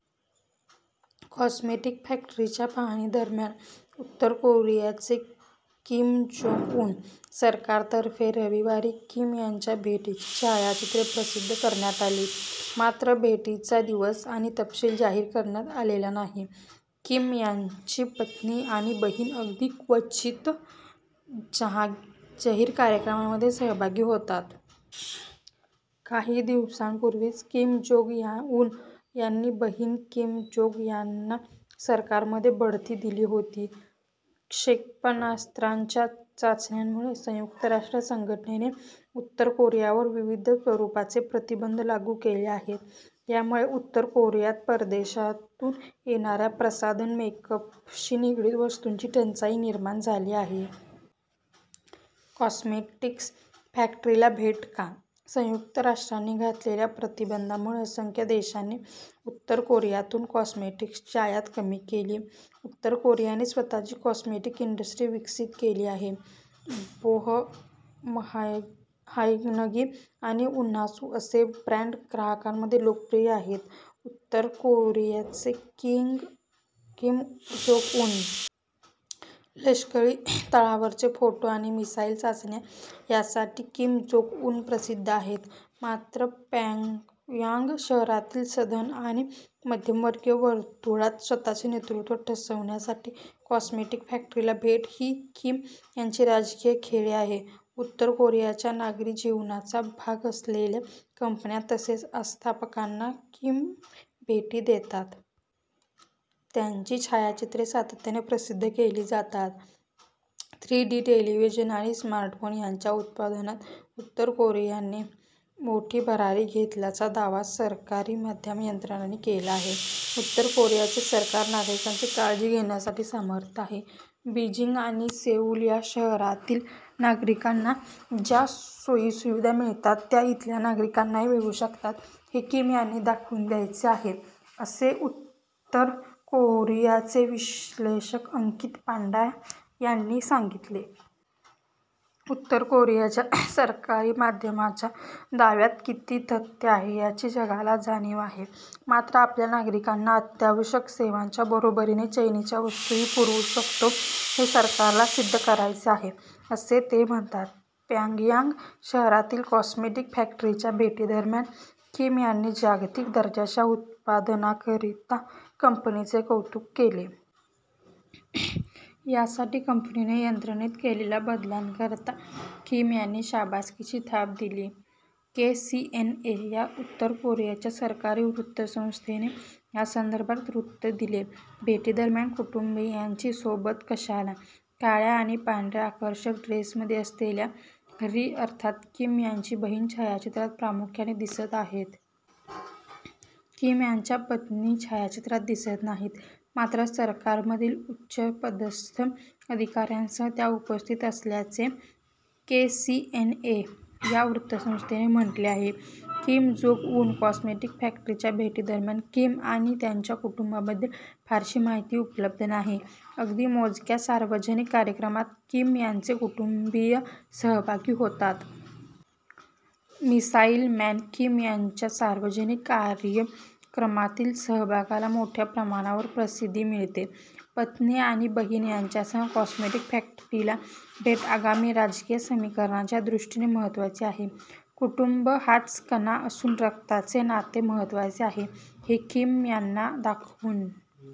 Cosmetic फॅक्टरीच्या पाहणीदरम्यान उत्तर कोरियाचे किम जोंग उन. सरकारतर्फे रविवारी किम यांच्या भेटीची छायाचित्रे प्रसिद्ध करण्यात आली, मात्र भेटीचा दिवस आणि तपशील जाहीर करण्यात आलेला नाही. किम यांची पत्नी आणि बहीण अगदी क्वचित जाहीर कार्यक्रमांमध्ये सहभागी होतात. काही दिवसांपूर्वीच किम जोंग उन यांनी बहीण किम जोंग यांना सरकारमध्ये बढती दिली होती. क्षेपणास्त्रांच्या चाचण्यांमुळे संयुक्त राष्ट्र संघटनेने उत्तर कोरियावर विविध स्वरूपाचे प्रतिबंध लागू केले आहेत. यामुळे उत्तर कोरियात परदेशातून येणाऱ्या प्रसाधन, मेकअपशी निगडित वस्तूंची टंचाई निर्माण झाली आहे. कॉस्मेटिक्स फॅक्टरीला भेट का? संयुक्त राष्ट्रांनी घातलेल्या प्रतिबंधामुळे असंख्य देशांनी उत्तर कोरियातून कॉस्मेटिक्सची आयात कमी केली. उत्तर कोरियाने स्वतःची कॉस्मेटिक्स इंडस्ट्री विकसित केली आहे. बोमहायनगी आणि उन्हासू असे ब्रँड ग्राहकांमध्ये लोकप्रिय आहेत. उत्तर कोरियाचे किम जोंग उन. लष्करी तळांवरचे फोटो आणि मिसाइल चाचण्या यासाठी किम जोंग उन प्रसिद्ध आहेत. मात्र प्यॉंगयांग शहरातील सधन आणि मध्यमवर्गीय वर्तुळात स्वतःचे नेतृत्व ठसवण्यासाठी कॉस्मेटिक्स फॅक्टरीला भेट ही किम यांची राजकीय खेळी आहे. उत्तर कोरियाच्या नागरी जीवनाचा भाग असलेल्या कंपन्या तसेच आस्थापनांना किम भेटी देतात. त्याची छायाचित्रे सातत्याने प्रसिद्ध केली जातात. थ्री डी टेलिव्हिजन आणि स्मार्टफोन यांच्या उत्पादनात उत्तर कोरियाने मोठी भरारी घेतल्याचा दावा सरकारी माध्यम यंत्रणांनी केला आहे. उत्तर कोरियाचे सरकार नागरिकांची काळजी घेण्यासाठी समर्थ आहे. बीजिंग आणि सेऊल या शहरातील नागरिकांना ज्या सोयीसुविधा मिळतात त्या इथल्या नागरिकांनाही मिळू शकतात हे किम यांना दाखवून द्यायचे आहे, असे उत्तर कोरियाचे विश्लेषक अंकित पांडा यांनी सांगितले. उत्तर कोरियाच्या सरकारी माध्यमांच्या दाव्यात किती तथ्य आहे याची जगाला जाणीव आहे. मात्र आपल्या नागरिकांना अत्यावश्यक सेवांच्या बरोबरीने चैनीच्या वस्तूही पुरवू शकतो हे सरकारला सिद्ध करायचे आहे, असे ते म्हणतात. प्यॉंगयांग शहरातील कॉस्मेटिक्स फॅक्टरीच्या भेटीदरम्यान किम यांनी जागतिक दर्जाच्या उत्पादनांकरता कंपनीचे कौतुक केले. यासाठी कंपनीने यंत्रणेत केलेल्या बदलांकरता किम यांनी शाबासकीची थाप दिली. केसीएनए या उत्तर कोरियाच्या सरकारी वृत्तसंस्थेने यासंदर्भात वृत्त दिले. भेटीदरम्यान कुटुंबीयांची सोबत कशाला? काळ्या आणि पांढऱ्या आकर्षक ड्रेसमध्ये असलेल्या री अर्थात किम यांची बहीण छायाचित्रात प्रामुख्याने दिसत आहेत. किम यांच्या पत्नी छायाचित्रात दिसत नाहीत. मात्र सरकारमधील उच्चपदस्थ अधिकाऱ्यांसह त्या उपस्थित असल्याचे केसीएनए या वृत्तसंस्थेने म्हटले आहे. किम जोंग उन कॉस्मेटिक फॅक्टरीच्या भेटीदरम्यान किम आणि त्यांच्या कुटुंबाबद्दल फारशी माहिती उपलब्ध नाही. अगदी मोजक्या सार्वजनिक कार्यक्रमांत किम यांचे कुटुंबीय सहभागी होतात. मिसाइल मॅन किम यांच्या सार्वजनिक कार्यक्रमातील सहभागाला मोठ्या प्रमाणावर प्रसिद्धी मिळते. 'पत्नी आणि बहीण यांच्यासह कॉस्मेटिक्स फॅक्टरीला भेट आगामी राजकीय समीकरणांच्या दृष्टीने महत्त्वाचे आहे. कुटुंब हाच कणा असून, रक्ताचे नाते महत्त्वाचे आहे हे किम यांना दाखवून